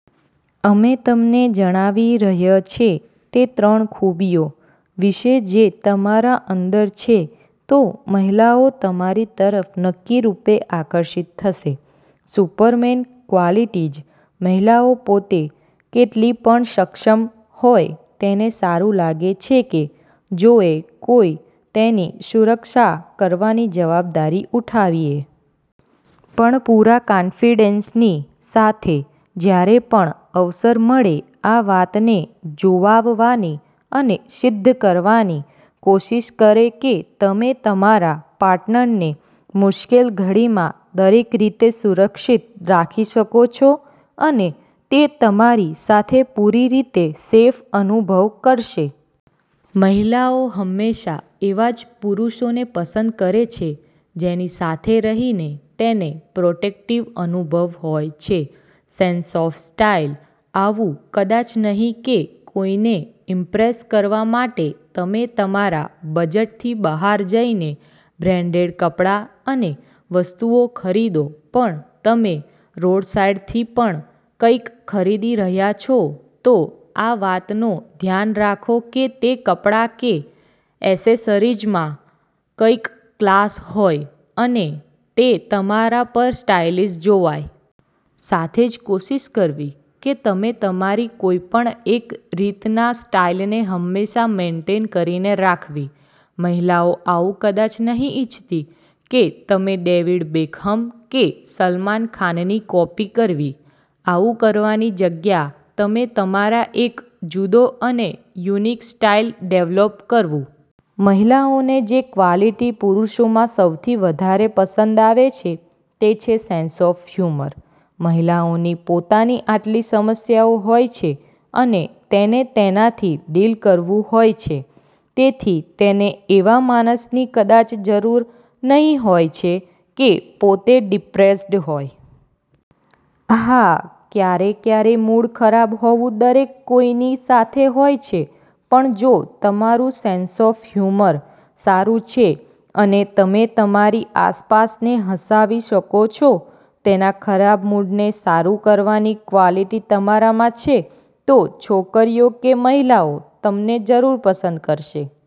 અમે તમને જણાવી રહ્ય છે તે ત્રણ ખૂબીઓ વિશે જે તમારા અંદર છે તો મહિલાઓ તમારી તરફ નક્કી રૂપે આકર્ષિત થશે. સુપરમેન ક્વાલિટીજ મહિલાઓ પોતે કેટલી પણ સક્ષમ હોય તેને સારું લાગે છે કે જોએ કોઈ તેની સુરક્ષા કરવાની જવાબદારી ઉઠાવીએ. પણ પૂરા કાંફીડેંસની સાથે જ્યારે પણ અવસર મળે આ વાતને જોવાવવાની અને સિદ્ધ કરવાની કોશિશ કરે કે તમે તમારા પાર્ટનરને મુશ્કેલ ઘડીમાં દરેક રીતે સુરક્ષિત રાખી શકો છો અને તે તમારી સાથે પૂરી રીતે સેફ અનુભવ કરશે. મહિલાઓ હમેશા એવા જ પુરૂષોને પસંદ કરે છે જેની સાથે રહીને તેને પ્રોટેક્ટિવ અનુભવ હોય છે. સેંસ ઑફ સ્ટાઈલ આવું કદાચ નહી કે કોઈને ઈમ્પ્રેસ કરવા માટે તમે તમારા બજટથી બહાર જઈને બ્રેંડેડ કપડા અને વસ્તુઓ ખરીદો પણ તમે રોડસાઈડથી પણ કઈક ખરીદી રહ્યા છો તો આ વાતનો ધ્યાન રાખો કે તે કપડા કે એસેસરીજમાં કઈક ક્લાસ હોય અને તે તમારા પર સ્ટાઈલિશ જોવાય. સાથે જ કોશિશ કરવી કે તમે તમારી કોઈ પણ એક રીતના સ્ટાઈલને હમેશા મેનટેન કરીને રાખવી. મહિલાઓ આવું કદાચ નહી ઈચ્છતી કે તમે ડેવિડ બેકહમ કે સલમાન ખાનની કૉપી કરવી. આવું કરવાની જગ્યા તમે તમારા એક જુદો અને યુનિક સ્ટાઈલ ડેવલપ કરવું. મહિલાઓને જે ક્વાલિટી પુરૂષોમાં સૌથી વધારે પસંદ આવે છે તે છે સેંસ ઑફ હ્યૂમર. મહિલાઓની પોતાની આટલી સમસ્યાઓ હોય છે અને તેને તેનાથી ડીલ કરવું હોય છે. તેથી તેને એવા માણસની કદાચ જરૂર નહી હોય છે કે પોતે ડિપ્રેસ્ડ હોય. હા ક્યારે કયારે મૂડ ખરાબ હોવું દરેક કોઈની સાથે હોય છે. પણ જો તમારું સેંસ ઑફ હ્યૂમર સારું છે અને તમે તમારી આસપાસને હંસાવી શકો છો, તેના ખરાબ મૂડને સારું કરવાની ક્વાલિટી તમારામાં છે તો છોકરીઓ કે મહિલાઓ તમને જરૂર પસંદ કરશે.